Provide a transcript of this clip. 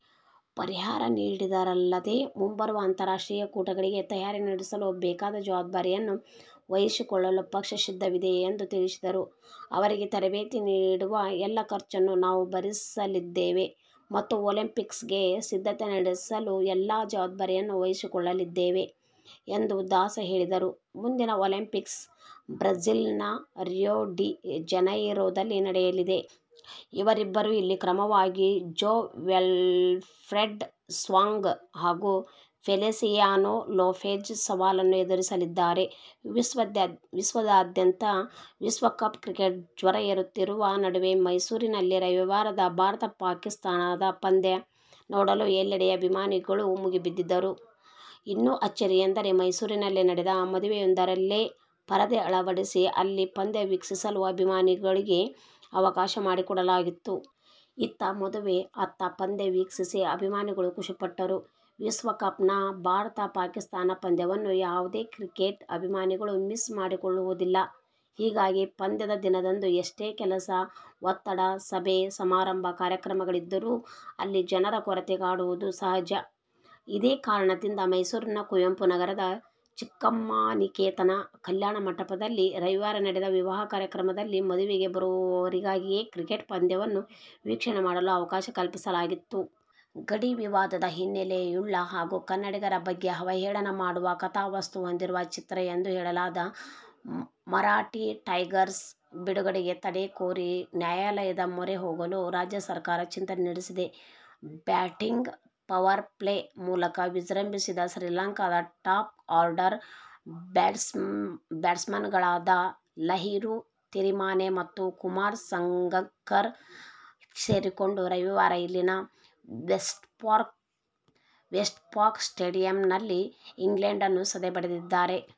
ಪರಿಹಾರ ನೀಡಿದರಲ್ಲದೇ ಮುಂಬರುವ ಅಂತಾರಾಷ್ಟ್ರೀಯ ಕೂಟಗಳಿಗೆ ತಯಾರಿ ನಡೆಸಲು ಬೇಕಾದ ಜವಾಬ್ದಾರಿಯನ್ನು ವಹಿಸಿಕೊಳ್ಳಲು ಪಕ್ಷ ಸಿದ್ಧವಿದೆ ಎಂದು ತಿಳಿಸಿದರು. ಅವರಿಗೆ ತರಬೇತಿ ನೀಡುವ ಎಲ್ಲ ಖರ್ಚನ್ನು ನಾವು ಭರಿಸಲಿದ್ದೇವೆ ಮತ್ತು ಒಲಿಂಪಿಕ್ಸ್ಗೆ ಸಿದ್ಧತೆ ನಡೆಸಲು ಎಲ್ಲ ಜವಾಬ್ದಾರಿಯನ್ನು ವಹಿಸಿಕೊಳ್ಳಲಿದ್ದೇವೆ ಎಂದು ದಾಸ್ ಹೇಳಿದರು. ಮುಂದಿನ ಒಲಿಂಪಿಕ್ಸ್ ಬ್ರಝಿಲ್ನ ರಿಯೊ ಡಿ ಜನೈರೊದಲ್ಲಿ ನಡೆಯಲಿದೆ. ಇವರಿಬ್ಬರು ಇಲ್ಲಿ ಕ್ರಮವಾಗಿ ಜೋ ವಿಲ್ಫ್ರೆಡ್ ಸೋಂಗ ಹಾಗೂ ಫೆಲಿಶಿಯಾನೊ ಲೋಪೆಜ್ ಸವಾಲನ್ನು ಎದುರಿಸಲಿದ್ದಾರೆ. ವಿಶ್ವಾದ್ಯಂತ ವಿಶ್ವಕಪ್ ಕ್ರಿಕೆಟ್ ಜ್ವರ ಏರುತ್ತಿರುವ ನಡುವೆ ಮೈಸೂರಿನಲ್ಲಿ ರವಿವಾರದ ಭಾರತ-ಪಾಕಿಸ್ಥಾನ ಪಂದ್ಯ ನೋಡಲು ಎಲ್ಲೆಡೆ ಅಭಿಮಾನಿಗಳು ಮುಗಿಬಿದ್ದಿದ್ದರು. ಇನ್ನೂ ಅಚ್ಚರಿ ಎಂದರೆ ಮೈಸೂರಿನಲ್ಲಿ ನಡೆದ ಮದುವೆಯೊಂದರಲ್ಲೇ ಪರದೆ ಅಳವಡಿಸಿ ಅಲ್ಲಿ ಪಂದ್ಯ ವೀಕ್ಷಿಸಲು ಅಭಿಮಾನಿಗಳಿಗೆ ಅವಕಾಶ ಮಾಡಿಕೊಡಲಾಗಿತ್ತು. ಇತ್ತ ಮದುವೆ, ಅತ್ತ ಪಂದ್ಯ ವೀಕ್ಷಿಸಿ ಅಭಿಮಾನಿಗಳು ಖುಷಿಪಟ್ಟರು. ವಿಶ್ವ ಕಪ್ನ ಭಾರತ-ಪಾಕಿಸ್ಥಾನ ಪಂದ್ಯವನ್ನು ಯಾವುದೇ ಕ್ರಿಕೆಟ್ ಅಭಿಮಾನಿಗಳು ಮಿಸ್ ಮಾಡಿಕೊಳ್ಳು ವುದಿಲ್ಲ. ಹೀಗಾಗಿ ಪಂದ್ಯದ ದಿನದಂದು ಎಷ್ಟೇ ಕೆಲಸ, ಒತ್ತಡ, ಸಭೆ, ಸಮಾರಂಭ, ಕಾರ್ಯಕ್ರಮಗಳಿದ್ದರೂ ಅಲ್ಲಿ ಜನರ ಕೊರತೆ ಕಾಡುವುದು ಸಹಜ. ಇದೇ ಕಾರಣದಿಂದ ಮೈಸೂರಿನ ಕುವೆಂಪುನಗರದ ಚಿಕ್ಕಮ್ಮಾ ನಿಕೇತನ ಕಲ್ಯಾಣ ಮಂಟಪದಲ್ಲಿ ರವಿವಾರ ನಡೆದ ವಿವಾಹ ಕಾರ್ಯಕ್ರಮದಲ್ಲಿ ಮದುವೆಗೆ ಬರುವವರಿಗಾಗಿಯೇ ಕ್ರಿಕೆಟ್ ಪಂದ್ಯವನ್ನು ವೀಕ್ಷಣೆ ಮಾಡಲು ಅವಕಾಶ ಕಲ್ಪಿಸಲಾಗಿತ್ತು. ಗಡಿ ವಿವಾದದ ಹಿನ್ನೆಲೆಯುಳ್ಳ ಹಾಗೂ ಕನ್ನಡಿಗರ ಬಗ್ಗೆ ಅವಹೇಳನ ಮಾಡುವ ಕಥಾವಸ್ತು ಹೊಂದಿರುವ ಚಿತ್ರ ಎಂದು ಹೇಳಲಾದ "ಮರಾಠಿ ಟೈಗರ್ಸ್' ಬಿಡುಗಡೆಗೆ ತಡೆ ಕೋರಿ ನ್ಯಾಯಾಲಯದ ಮೊರೆ ಹೋಗಲು ರಾಜ್ಯ ಸರ್ಕಾರ ಚಿಂತನೆ ನಡೆಸಿದೆ. ಬ್ಯಾಟಿಂಗ್ ಪವರ್-ಪ್ಲೇ ಮೂಲಕ ವಿಜೃಂಭಿಸಿದ ಶ್ರೀಲಂಕಾದ ಟಾಪ್ ಆರ್ಡರ್ ಬ್ಯಾಟ್ಸ್ಮನ್ಗಳಾದ ಲಹಿರು ತಿರಿಮಾನೆ ಮತ್ತು ಕುಮಾರ ಸಂಗಕ್ಕರ ಸೇರಿಕೊಂಡು ರವಿವಾರ ಇಲ್ಲಿನ "ವೆಸ್ಟ್ಪಾಕ್ ಸ್ಟೇಡಿಯಂ'ನಲ್ಲಿ ಇಂಗ್ಲೆಂಡನ್ನು ಸದೆಬಡಿದಿದ್ದಾರೆ.